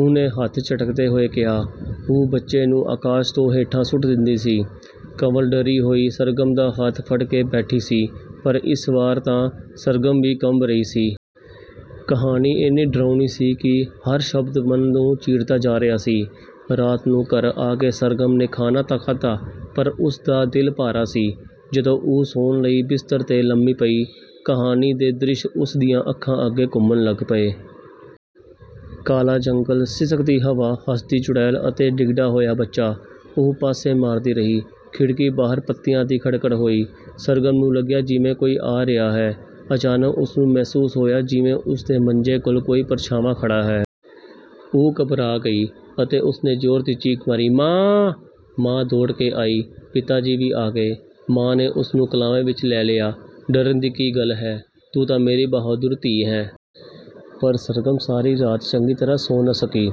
ਉਹਨੇ ਹੱਥ ਝਟਕਦੇ ਹੋਏ ਕਿਹਾ, ਉਹ ਬੱਚੇ ਨੂੰ ਆਕਾਸ਼ ਤੋਂ ਹੇਠਾਂ ਸੁੱਟ ਦਿੰਦੀ ਸੀ। ਕੰਵਲ ਡਰੀ ਹੋਈ ਸਰਗਮ ਦਾ ਹੱਥ ਫੜ ਕੇ ਬੈਠੀ ਸੀ ਪਰ ਇਸ ਵਾਰ ਤਾਂ ਸਰਗਮ ਵੀ ਕੰਬ ਰਹੀ ਸੀ। ਕਹਾਣੀ ਐਨੀ ਡਰਾਉਣੀ ਸੀ ਕਿ ਹਰ ਸ਼ਬਦ ਮਨ ਨੂੰ ਚੀਰਦਾ ਜਾ ਰਿਹਾ ਸੀ। ਰਾਤ ਨੂੰ ਘਰ ਆ ਕੇ ਸਰਗਮ ਨੇ ਖਾਣਾ ਤਾਂ ਖਾਧਾ, ਪਰ ਉਸਦਾ ਦਿਲ ਭਾਰਾ ਸੀ। ਜਦੋਂ ਉਹ ਸੌਣ ਲਈ ਬਿਸਤਰ 'ਤੇ ਲੰਮੀ ਪਈ, ਕਹਾਣੀ ਦੇ ਦ੍ਰਿਸ਼ ਉਸ ਦੀਆਂ ਅੱਖਾਂ ਅੱਗੇ ਘੁੰਮਣ ਲੱਗ ਪਏ। ਕਾਲ਼ਾ ਜੰਗਲ਼, ਸਿਸਕਦੀ ਹਵਾ, ਹੱਸਦੀ ਚੁੜੇਲ ਅਤੇ ਡਿੱਗਦਾ ਹੋਇਆ ਬੱਚਾ। ਉਹ ਪਾਸੇ ਮਾਰਦੀ ਰਹੀ। ਖਿੜਕੀ ਬਾਹਰ ਪੱਤਿਆਂ ਦੀ ਖੜਖੜ ਹੋਈ। ਸਰਗਮ ਨੂੰ ਲੱਗਿਆ ਜਿਵੇਂ ਕੋਈ ਆ ਰਿਹਾ ਹੈ। ਅਚਾਨਕ ਉਸਨੂੰ ਮਹਿਸੂਸ ਹੋਇਆ ਜਿਵੇਂ ਉਸਦੇ ਮੰਜੇ ਕੋਲ਼ ਕੋਈ ਪਰਛਾਂਵਾਂ ਖੜ੍ਹਾ ਹੈ। ਉਹ ਘਬਰਾ ਗਈ ਅਤੇ ਉਸਨੇ ਜ਼ੋਰ ਦੀ ਚੀਕ ਮਾਰੀ "ਮਾਂ! " ਮਾਂ ਦੌੜ ਕੇ ਆਈ, ਪਿਤਾ ਜੀ ਵੀ ਆ ਗਏ। ਮਾਂ ਨੇ ਉਸਨੂੰ ਕਲ਼ਾਵੇ ਵਿੱਚ ਲੈ ਲਿਆ। "ਡਰਨ ਦੀ ਕੀ ਗੱਲ ਹੈ? ਤੂੰ ਤਾਂ ਮੇਰੀ ਬਹਾਦੁਰ ਧੀ ਹੈ।" ਪਰ ਸਰਗਮ ਸਾਰੀ ਰਾਤ ਚੰਗੀ ਤਰ੍ਹਾਂ ਸੌਂ ਨਾ ਸਕੀ।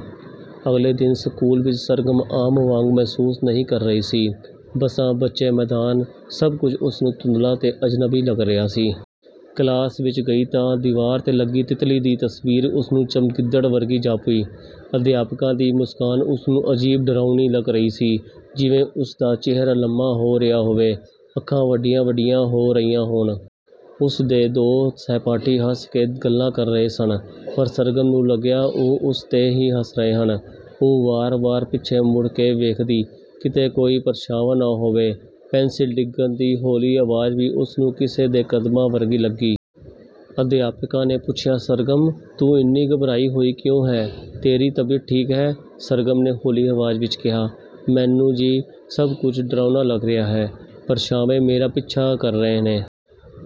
ਅਗਲੇ ਦਿਨ ਸਕੂਲ ਵਿੱਚ ਸਰਗਮ ਆਮ ਵਾਂਗ ਮਹਿਸੂਸ ਨਹੀਂ ਕਰ ਰਹੀ ਸੀ। ਬੱਸਾਂ, ਬੱਚੇ, ਮੈਦਾਨ ਸਭ ਕੁਝ ਉਸਨੂੰ ਧੁੰਦਲ਼ਾ ਤੇ ਅਜਨਬੀ ਲੱਗ ਰਿਹਾ ਸੀ। ਕਲਾਸ ਵਿੱਚ ਗਈ ਤਾਂ ਦੀਵਾਰ 'ਤੇ ਲੱਗੀ ਤਿਤਲੀ ਦੀ ਤਸਵੀਰ ਉਸਨੂੰ ਚਮਗਿੱਦੜ ਵਰਗੀ ਜਾਪੀ। ਅਧਿਆਪਕਾ ਦੀ ਮੁਸਕਾਨ ਉਸਨੂੰ ਅਜੀਬ ਡਰਾਉਣੀ ਲੱਗ ਰਹੀ ਸੀ ਜਿਵੇਂ ਉਸਦਾ ਚਿਹਰਾ ਲੰਮਾ ਹੋ ਰਿਹਾ ਹੋਵੇ, ਅੱਖਾਂ ਵੱਡੀਆਂ-ਵੱਡੀਆਂ ਹੋ ਰਹੀਆਂ ਹੋਣ। ਉਸਦੇ ਦੋ ਸਹਿਪਾਠੀ ਹੱਸ ਕੇ ਗੱਲਾਂ ਕਰ ਰਹੇ ਸਨ, ਪਰ ਸਰਗਮ ਨੂੰ ਲੱਗਿਆ ਉਹ ਉਸ 'ਤੇ ਹੀ ਹੱਸ ਰਹੇ ਹਨ। ਉਹ ਵਾਰ-ਵਾਰ ਪਿੱਛੇ ਮੁੜ ਕੇ ਵੇਖਦੀ ਕਿਤੇ ਕੋਈ ਪਰਛਾਵਾਂ ਨਾ ਹੋਵੇ। ਪੈਂਸਿਲ ਡਿੱਗਣ ਦੀ ਹੌਲ਼ੀ ਆਵਾਜ਼ ਵੀ ਉਸਨੂੰ ਕਿਸੇ ਦੇ ਕਦਮਾਂ ਵਰਗੀ ਲੱਗੀ। ਅਧਿਆਪਿਕਾ ਨੇ ਪੁੱਛਿਆ, "ਸਰਗਮ, ਤੂੰ ਇੰਨੀ ਘਬਰਾਈ ਹੋਈ ਕਿਉਂ ਹੈਂ, ਤੇਰੀ ਤਬੀਅਤ ਠੀਕ ਹੈ?" ਸਰਗਮ ਨੇ ਹੌਲ਼ੀ ਆਵਾਜ਼ ਵਿੱਚ ਕਿਹਾ, "ਮੈਨੂੰ ਜੀ ਸਭ ਕੁਝ ਡਰਾਉਣਾ ਲੱਗ ਰਿਹਾ ਹੈ, ਪਰਛਾਵੇਂ ਮੇਰਾ ਪਿੱਛਾ ਕਰ ਰਹੇ ਨੇ।"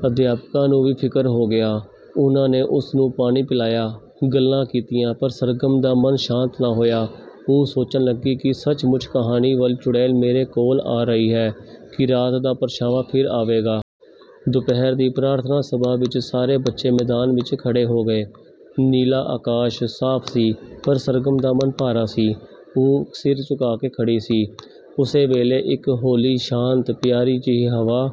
ਅਧਿਆਪਿਕਾ ਨੂੰ ਵੀ ਫਿਕਰ ਹੋ ਗਿਆ। ਉਹਨਾਂ ਨੇ ਉਸਨੂੰ ਪਾਣੀ ਪਿਲਾਇਆ, ਗੱਲਾਂ ਕੀਤੀਆਂ, ਪਰ ਸਰਗਮ ਦਾ ਮਨ ਸ਼ਾਂਤ ਨਾ ਹੋਇਆ। ਉਹ ਸੋਚਣ ਲੱਗੀ ਕੀ ਸੱਚਮੁੱਚ ਕਹਾਣੀ ਵਾਲ਼ੀ ਚੁੜੇਲ ਮੇਰੇ ਕੋਲ਼ ਆ ਰਹੀ ਹੈ, ਕੀ ਰਾਤ ਦਾ ਪਰਛਾਵਾਂ ਫਿਰ ਆਵੇਗਾ? ਦੁਪਹਿਰ ਦੀ ਪ੍ਰਾਰਥਨਾ ਸਭਾ ਵਿੱਚ ਸਾਰੇ ਬੱਚੇ ਮੈਦਾਨ ਵਿੱਚ ਖੜ੍ਹੇ ਹੋ ਗਏ। ਨੀਲਾ ਆਕਾਸ਼ ਸਾਫ ਸੀ, ਪਰ ਸਰਗਮ ਦਾ ਮਨ ਭਾਰਾ ਸੀ। ਉਹ ਸਿਰ ਝੁਕਾ ਕੇ ਖੜ੍ਹੀ ਸੀ। ਉਸੇ ਵੇਲ਼ੇ ਇਕ ਹੌਲ਼ੀ, ਸ਼ਾਂਤ, ਪਿਆਰੀ ਜਿਹੀ ਹਵਾ